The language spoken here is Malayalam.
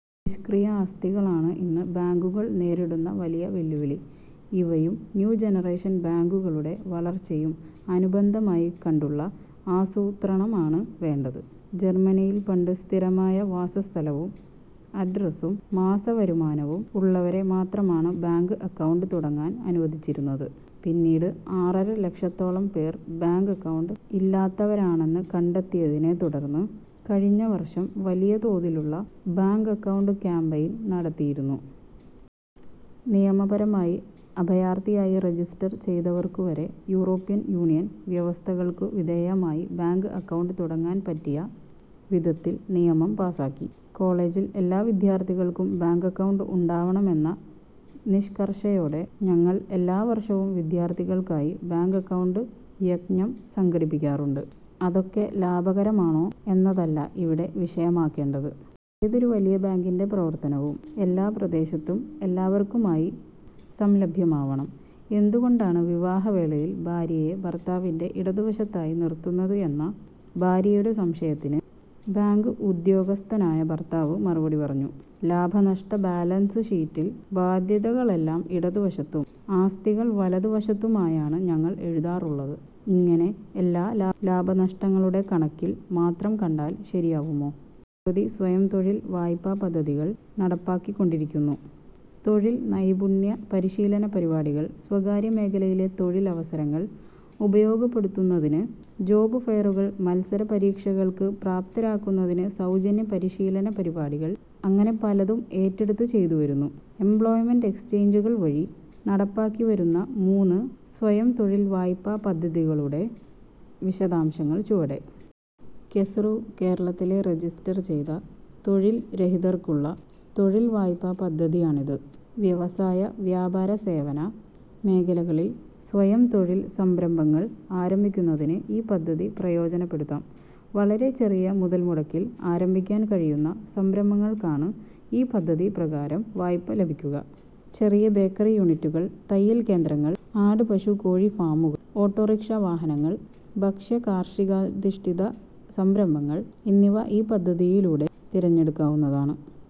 നിഷ്ക്രിയ ആസ്തികളാണ് ഇന്ന് ബാങ്കുകൾ നേരിടുന്ന വലിയ വെല്ലുവിളി. ഇവയും ന്യൂ ജനറേഷൻ ബാങ്കുളുടെ വളർച്ചയും അനുബന്ധമായി കണ്ടുള്ള ആസൂത്രണമാണ് വേണ്ടത്. ജർമനിയിൽ പണ്ട് സ്ഥിരമായ വാസസ്ഥലവും അഡ്രസും മാസവരുമാനവും ഉള്ളവരെ മാത്രമാണ് ബാങ്ക് അക്കൗണ്ട് തുടങ്ങാൻ അനുവദിച്ചിരുന്നത്. പിന്നീട് ആറര ലക്ഷത്തോളം പേർ ബാങ്ക് അക്കൗണ്ട് ഇല്ലാത്തവരാണെന്ന് കണ്ടെത്തിയതിനെ തുടർന്ന് കഴിഞ്ഞവർഷം വലിയ തോതിലുള്ള ബാങ്ക് അക്കൗണ്ട് കാമ്പയിൻ നടത്തിയിരുന്നു. നിയമപരമായി അഭയാർഥിയായി രജിസ്റ്റർ ചെയ്തവർക്കുവരെ യൂറോപ്യൻ യൂണിയൻ വ്യവസ്ഥകൾക്കു വിധേയമായി ബാങ്ക് അക്കൗണ്ട് തുടങ്ങാൻ പറ്റിയ വിധത്തിൽ നിയമം പാസ്സാക്കി. കോളേജിൽ എല്ലാ വിദ്യാർഥികൾക്കും ബാങ്ക് അക്കൗണ്ട് ഉണ്ടാവണമെന്ന നിഷ്കർഷയോടെ ഞങ്ങൾ എല്ലാ വർഷവും വിദ്യാർത്ഥികൾക്കായി ബാങ്ക് അക്കൗണ്ട് യജ്ഞം സംഘടിപ്പിക്കാറുണ്ട്. അതൊക്കെ ലാഭകരമാണോ എന്നതല്ല ഇവിടെ വിഷയമാക്കേണ്ടത്. ഏതൊരു വലിയ ബാങ്കിന്റെ പ്രവർത്തനവും എല്ലാ പ്രദേശത്തും എല്ലാവർക്കുമായി സംലഭ്യമാവണം. എന്തുകൊണ്ടാണ് വിവാഹവേളയിൽ ഭാര്യയെ ഭർത്താവിന്റെ ഇടതുവശത്തായി നിർത്തുന്നത് എന്ന ഭാര്യയുടെ സംശയത്തിന് ബാങ്ക് ഉദ്യോഗസ്ഥനായ ഭർത്താവ് മറുപടി പറഞ്ഞു:'ലാഭനഷ്ട ബാലൻസ് ഷീറ്റിൽ ബാധ്യതകളെല്ലാം ഇടതുവശത്തും ആസ്തികൾ വലതു വശത്തുമായാണ് ഞങ്ങൾ എഴുതാറുള്ളത്. ''ഇങ്ങനെ എല്ലാം ലാഭനഷ്ടങ്ങളുടെ കണക്കിൽ മാത്രം കണ്ടാൽ ശരിയാവുമോ. നിരവധി സ്വയംതൊഴിൽ വായ്പാ പദ്ധതികൾ നടപ്പാക്കിക്കൊണ്ടിരിക്കുന്നു. തൊഴിൽ നൈപുണ്യ പരിശീലന പരിപാടികൾ, സ്വകാര്യ മേഖലയിലെ തൊഴിൽ അവസരങ്ങൾ ഉപയോഗപ്പെടുത്തുന്നതിന് ജോബ് ഫെയറുകൾ, മത്സര പരീക്ഷകൾക്ക് പ്രാപ്തരാക്കുന്നതിന് സൗജന്യ പരിശീലന പരിപാടികൾ അങ്ങനെ പലതും ഏറ്റെടുത്തു ചെയ്തുവരുന്നു. എംപ്ലോയ്മെന്റ് എക്സ്ചേഞ്ചുകൾ വഴി നടപ്പാക്കിവരുന്ന മൂന്ന് സ്വയംതൊഴിൽ വായ്പാ പദ്ധതികളുടെ വിശദാംശങ്ങൾ ചുവടെ:. കെസ്റു കേരളത്തിലെ രജിസ്റ്റർ ചെയ്ത തൊഴിൽരഹിതർക്കുള്ള തൊഴിൽ വായ്പാ പദ്ധതിയാണിത്. വ്യവസായവ്യാപാരസേവന മേഖലകളിൽ സ്വയംതൊഴിൽ സംരംഭങ്ങൾ ആരംഭിക്കുന്നതിന് ഈ പദ്ധതി പ്രയോജനപ്പെടുത്താം. വളരെ ചെറിയ മുതൽമുടക്കിൽ ആരംഭിക്കാൻ കഴിയുന്ന സംരംഭങ്ങൾക്കാണ് ഈ പദ്ധതി പ്രകാരം വായ്പ ലഭിക്കുക. ചെറിയ ബേക്കറി യൂണിറ്റുകൾ, തയ്യൽ കേന്ദ്രങ്ങൾ, ആട്പശുകോഴി ഫാമുകൾ, ഓട്ടോറിക്ഷാ വാഹനങ്ങൾ, ഭക്ഷ്യകാർഷികാധിഷ്ഠിത സംരംഭങ്ങൾ എന്നിവ ഈ പദ്ധതിയിലൂടെ തിരഞ്ഞെടുക്കാവുന്നതാണ്.